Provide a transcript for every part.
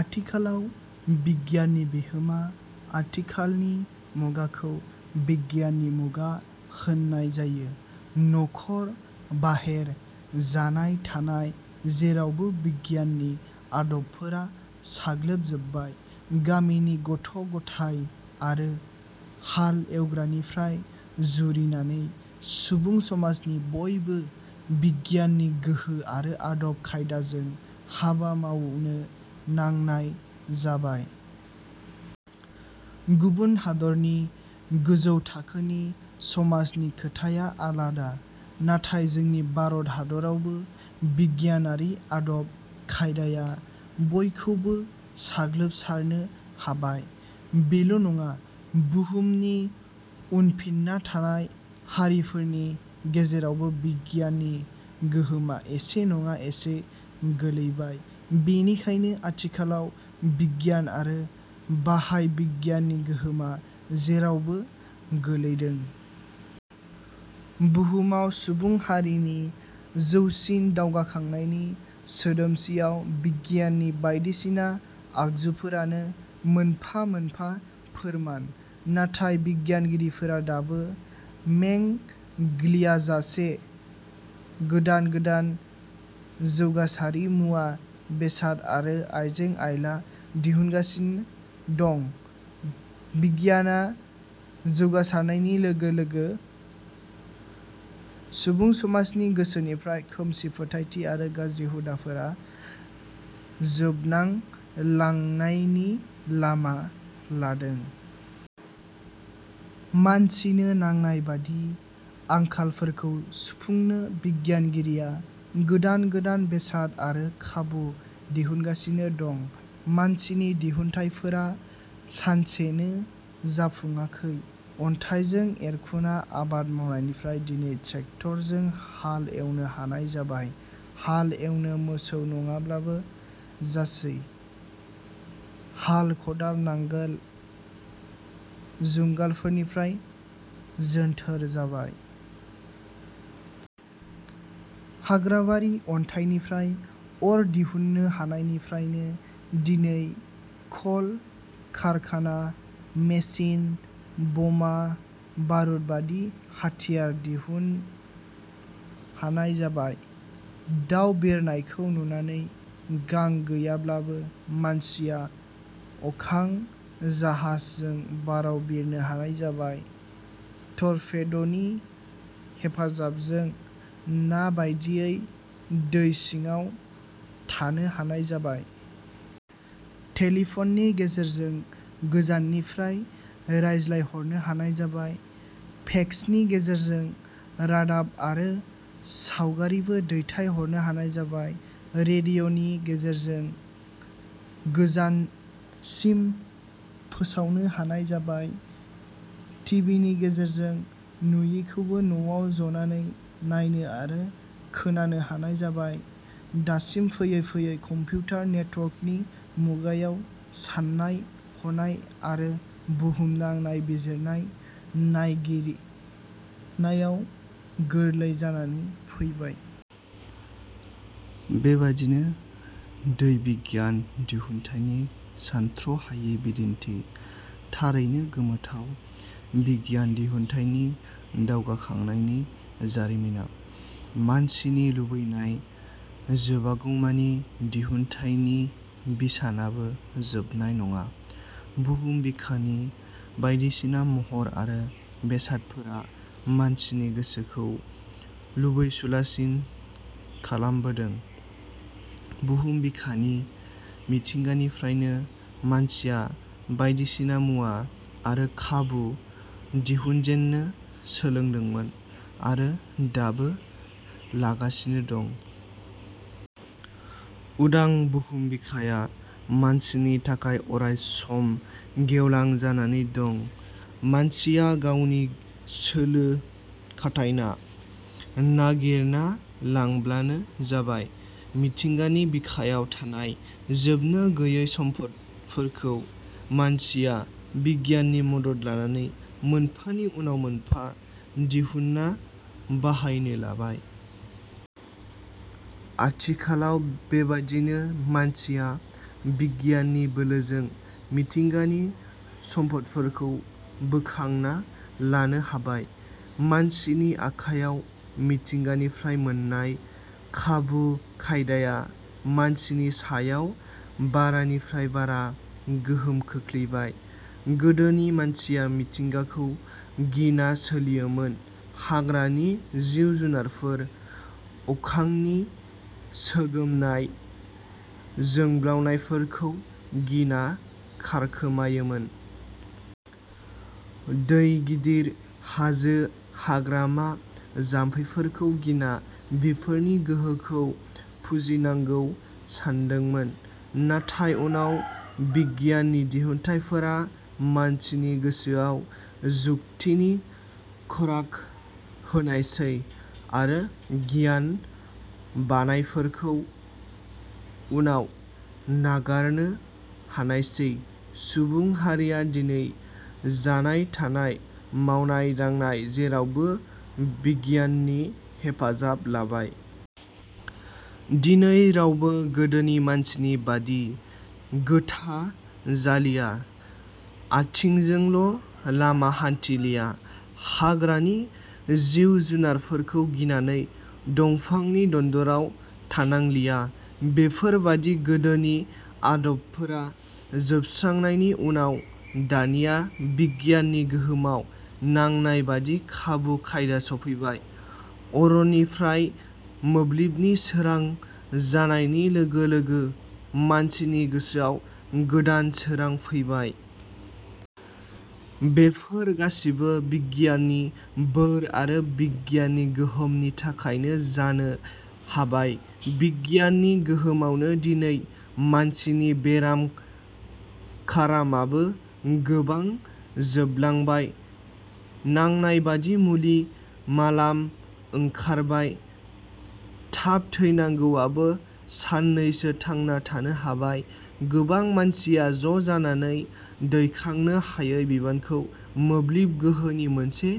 आथिखालाव बिगियाननि बिहोमा आथिखालनि मुगाखौ बिगियाननि मुगा होन्नाय जायो। न'खर, बाहेर, जानाय थानाय जेरावबो बिगियाननि आदबफोरा साग्लोबजोबबाय। गामिनि गथ' गथाय आरो हाल एवग्रानिफ्राय जुरिनानै सुबुं समाजनि बयबो बिगियाननि गोहो आरो आदब खायदाजों हाबा मावनो नांनाय जाबाय। गुबुन हादरनि गोजौ थाखोनि समाजनि खोथाया आलादा, नाथाय जोंनि भारत हादरावबो बिगियानारि आदब खायदाया बयखौबो साग्लोबसारनो हाबाय। बेल' नङा, बुहुमनि उनफिन्ना थानाय हारिफोरनि गेजेरावबो बिगियाननि गोहोमा एसे नङा एसे गोलैबाय। बेनिखायनो आथिखालाव बिगियान आरो बाहाय बिगियाननि गोहोमा जेरावबो गोलैदों। बुहुमाव सुबुं हारिनि जौसिन दावगाखांनायनि सोदोमसियाव बिगियाननि बायदिसिना आगजुफोरानो मोनफा मोनफा फोरमान। नाथाय बिगियानगिरिफोरा दाबो _में ग्लियाजासे गोदान गोदान जौगासारि मुवा बेसाद आरो आइजें आइला दिहुनगासिन दं। बिगियाना जौगासारनायनि लोगो लोगो सुबुं समाजनि गोसोनिफ्राय खोमसि फोथायथि आरो गाज्रि हुदाफोरा जोबनांलांनायनि लामा लादों। मानसिनो नांनाय बादि आंखालफोरखौ सुफुंनो बिगियानगिरिया गोदान गोदान बेसाद आरो खाबु दिहुनगासिनो दं। मानसिनि दिहुनथाइफोरा सानसेनो जाफुङाखै। अन्थाइजों एरखुना आबाद मावनायनिफ्राय दिनै ट्रेक्टरजों हाल एवनो हानाय जाबाय। हाल एवनो मोसौ नङाब्लाबो जासै। हाल खदाल नांगाल जुंगालफोरनिफ्राय जोन्थोर जाबाय। हाग्राबारि अन्थाइनिफ्राय अर दिहुन्नो हानायनिफ्रायनो दिनै कल कारखाना, मेसिन, बमा बारुदबादि हाथियार दिहुन्न हानाय जाबाय। दाउ बिरनायखौ नुनानै गां गैयाब्लाबो मानसिया अखां जाहाजजों बाराव बिरनो हानाय जाबाय। टरपेद'नि हेफाजाबजों ना बायदियै दै सिङाव थांनो हानाय जाबाय। टेलिफननि गेजेरजों गोजाननिफ्राय रायज्लायहरनो हानाय जाबाय, फेक्सनि गेजेरजों रादाब आरो सावगारिबो दैथाय हरनो हानाय जाबाय। रेडिअ'नि गेजेरजों गोजानसिम फोसावनो हानाय जाबाय, टिभिनि गेजेरजों नुयिखौबो न'आव जनानै नायनो आरो खोनानो हानाय जाबाय। दासिम फैयै फैयै कम्पिउटार नेटवर्कनि मुगायाव सान्नाय हनाय आरो बुहुमनां नायबिजिरनाय नायगिरनायाव गोरलै जानानै फैबाय। बेबादिनो दै बिगियान दिहुनथाइनि सान्थ्र 'हायि बिदिन्थि। थारैनो गोमोथाव बिगियान दिहुनथाइनि दावगाखांनायनि जारिमिना। मानसिनि लुबैनाय जोबागौमानि दिहुनथाइनि बिसानाबो जोबनाय नङा। बुहुम बिखानि बायदिसिना महर आरो बेसादफोरा मानसिनि गोसोखौ लुबैसुलासिन खालामबोदों। बुहुम बिखानि मिथिंगानिफ्रायनो मानसिया बायदिसिना मुवा आरो खाबु दिहुनजेन्नो लादोंमोन आरो दाबो लागासिनो दं। उदां बुहुम बिखाया मानसिनि थाखाय अराय सम गेवलां जानानै दं। मानसिया गावनि सोलो खाथायना नायगिरना लांब्लानो जाबाय। मिथिंगानि बिखायाव थानाय जोबनो गोयै सम्पदफोरखौ मानसिया बिगियाननि मदद लानानै मोनफानि उनाव मोनफा दिहुन्ना बाहायनो लाबाय। आथिखालाव बेबादिनो मानसिया बिगियाननि बोलोजों मिथिंगानि सम्पदफोरखौ बोखांना लानो हाबाय। मानसिनि आखाइयाव मिथिंगानिफ्राय मोन्नाय खाबु खायदाया मानसिनि सायाव बारानिफ्राय बारा गोहोम खोख्लैबाय। गोदोनि मानसिया मिथिंगाखौ गिना सोलियोमोन। हाग्रानि जिउ जुनारफोर, अखांनि सोगोमनाय जोंब्लाउनायफोरखौ गिना खारखोमायोमोन। दै गिदिर, हाजो, हाग्रामा जाम्फैफोरखौ गिना बेफोरनि गोहोखौ फुजिनांगौ सान्दोंमोन। नाथाय उनाव बिगियाननि दिहुनथाइफोरा मानसिनि गोसोआव जुक्तिनि खराग होनायसै आरो गिनाय बानायफोरखौ उनाव नारगारनो हानायसै। सुबुं हारिया दिनै जानाय थानाय, मावनाय दांनाय जेरावबो बिगियाननि हेफाजाब लाबाय। दिनै रावबो गोदोनि मानसिनि बादि गोथा जालिया, आथिंजोंल' लामा हान्थिलिया, हाग्रानि जिउ जुनारफोरखौ गिनानै दंफांनि दन्दराव थानांलिया। बेफोर बादि गोदोनि आदबफोरा जोबस्रांनायनि उनाव दानिया बिगियाननि गोहोमाव नांनाय बादि खाबु खायदा स'फैबाय। अरनिफ्राय मोब्लिबनि सोरां जानायनि लोगो लोगो मानसिनि गोसोआवबो गोदान सोरां फैबाय। बेफोर गासिबो बिगियाननि बोर आरो बिगियाननि गोहोमनि थाखायनो जानो हाबाय। बिगियाननि गोहोमावनो दिनै मानसिनि बेराम खारामाबो गोबां जोबलांबाय नांनाय बादि मुलि मालाम ओंखारबाय, थाब थैनांगौआबो सान्नैसो थांना थानो हाबाय। गोबां मानसिया ज' जानानै दैखांनो हायै बिबानखौ मोब्लिब गोहोनि मोनसे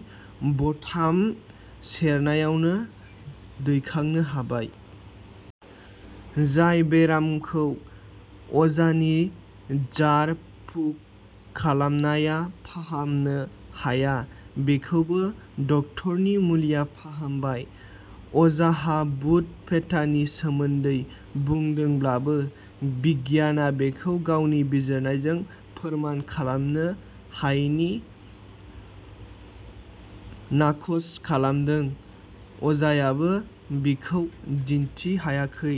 बथाम सेरनायावनो दैखांनो हाबाय। जाय बेरामखौ अजानि जार फुक खालामनाया फाहामनो हाया बेखौबो डाक्टरनि मुलिया फाहामबाय। अजाहा भुत फेथानि सोमोन्दै बुंदोंब्लाबो बिगियाना बेखौ गावनि बिजिरनायजों फोरमान खालामनो हायिनि नाखस खालामदों। अजायाबो बिखौ दिन्थि हायाखै।